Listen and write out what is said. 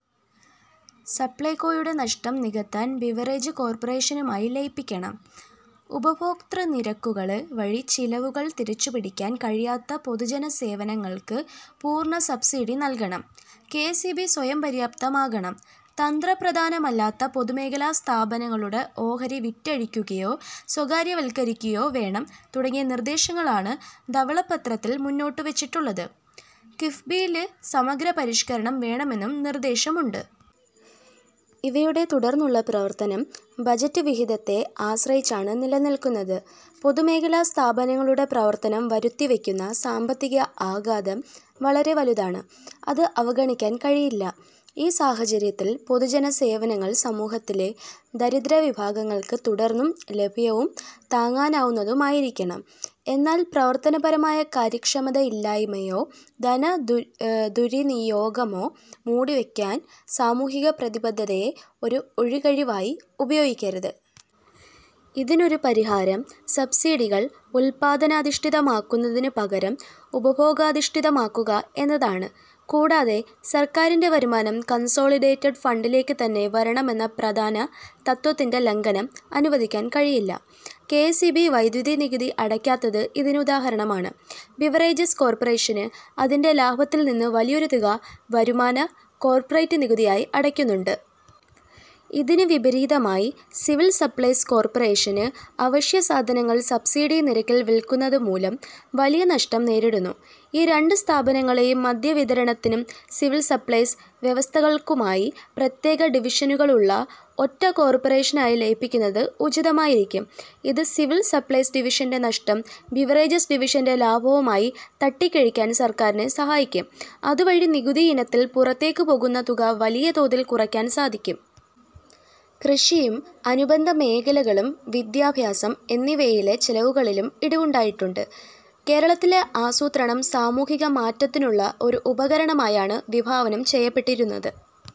സപ്ലൈകോയുടെ നഷ്ടം നികത്താന് ബിവറേജ് കോര്പ്പറേഷനുമായി ലയിപ്പിക്കണം. ഉപഭോക്തൃ നിരക്കുകള് വഴി ചെലവുകള് തിരിച്ചുപിടിക്കാന് കഴിയാത്ത പൊതുജന സേവനങ്ങള്ക്ക് പൂര്ണ സബ്സിഡി നല്കണം, കെഎസ്ഇബി സ്വയംപര്യാപ്തമാകണം, തന്ത്രപ്രധാനമല്ലാത്ത പൊതുമേഖലാ സ്ഥാപനങ്ങളുടെ ഓഹരി വിറ്റഴിക്കുകയോ സ്വകാര്യവല്ക്കരിക്കുകയോ വേണം തുടങ്ങിയ നിര്ദേശങ്ങളാണ് ധവളപത്രത്തില് മുന്നോട്ടുവച്ചിട്ടുള്ളത്. കിഫ്ബിയില് സമഗ്ര പരിഷ്കരണം വേണമെന്നും നിര്ദേശമുണ്ട്. ഇവയുടെ തുടര്ന്നുള്ള പ്രവര്ത്തനം ബജറ്റ് വിഹിതത്തെ ആശ്രയിച്ചാണ് നിലനില്ക്കുന്നത്. പൊതുമേഖലാ സ്ഥാപനങ്ങളുടെ പ്രവര്ത്തനം വരുത്തിവെക്കുന്ന സാമ്പത്തിക ആഘാതം വളരെ വലുതാണ്, അത് അവഗണിക്കാന് കഴിയില്ല. ഈ സാഹചര്യത്തില്, പൊതുജന സേവനങ്ങള് സമൂഹത്തിലെ ദരിദ്ര വിഭാഗങ്ങള്ക്ക് തുടര്ന്നും ലഭ്യവും താങ്ങാനാവുന്നതുമായിരിക്കണം. എന്നാല്, പ്രവര്ത്തനപരമായ കാര്യക്ഷമതയില്ലായ്മയോ ധന ദുര്വിനിയോഗമോ മൂടിവെക്കാന് സാമൂഹിക പ്രതിബദ്ധതയെ ഒരു ഒഴികഴിവായി ഉപയോഗിക്കരുത്. ഇതിനൊരു പരിഹാരം, സബ്സിഡികള് ഉല്പാദനാധിഷ്ഠിതമാക്കുന്നതിന് പകരം ഉപഭോഗാധിഷ്ഠിതമാക്കുക എന്നതാണ്. കൂടാതെ, സര്ക്കാരിന്റെ വരുമാനം കണ്സോളിഡേറ്റഡ് ഫണ്ടിലേക്ക് തന്നെ വരണമെന്ന പ്രധാന തത്ത്വത്തിന്റെ ലംഘനം അനുവദിക്കാന് കഴിയില്ല. കെഎസ്ഇബി വൈദ്യുതി നികുതി അടയ്ക്കാത്തത് ഇതിന് ഉദാഹരണമാണ്. ബിവറേജസ് കോര്പ്പറേഷന് അതിന്റെ ലാഭത്തില് നിന്ന് വലിയൊരു തുക വരുമാന/ കോര്പ്പറേറ്റ് നികുതിയായി അടയ്ക്കുന്നുണ്ട്. ഇതിന് വിപരീതമായി, സിവില് സപ്ലൈസ് കോര്പ്പറേഷന് അവശ്യ സാധനങ്ങള് സബ്സിഡി നിരക്കില് വില്ക്കുന്നതുമൂലം വലിയ നഷ്ടം നേരിടുന്നു. ഈ രണ്ട് സ്ഥാപനങ്ങളെയും മദ്യവിതരണത്തിനും സിവില് സപ്ലൈസ്/ വ്യവസ്ഥകള്ക്കുമായി പ്രത്യേക ഡിവിഷനുകളുള്ള ഒറ്റ കോര്പ്പറേഷനായി ലയിപ്പിക്കുന്നത് ഉചിതമായിരിക്കും. ഇത് സിവില് സപ്ലൈസ് ഡിവിഷന്റെ നഷ്ടം ബിവറേജസ് ഡിവിഷന്റെ ലാഭവുമായി തട്ടിക്കിഴിക്കാന് സര്ക്കാരിനെ സഹായിക്കും, അതുവഴി നികുതി ഇനത്തില് പുറത്തേക്ക് പോകുന്ന തുക വലിയ തോതില് കുറയ്ക്കാന് സാധിക്കും. കൃഷിയും അനുബന്ധ മേഖലകളും, വിദ്യാഭ്യാസം എന്നിവയിലെ ചെലവുകളിലും ഇടിവുണ്ടായിട്ടുണ്ട്. കേരളത്തിലെ ആസൂത്രണം സാമൂഹിക മാറ്റത്തിനുള്ള ഒരു ഉപകരണമായാണ് വിഭാവനം ചെയ്യപ്പെട്ടിരുന്നത്.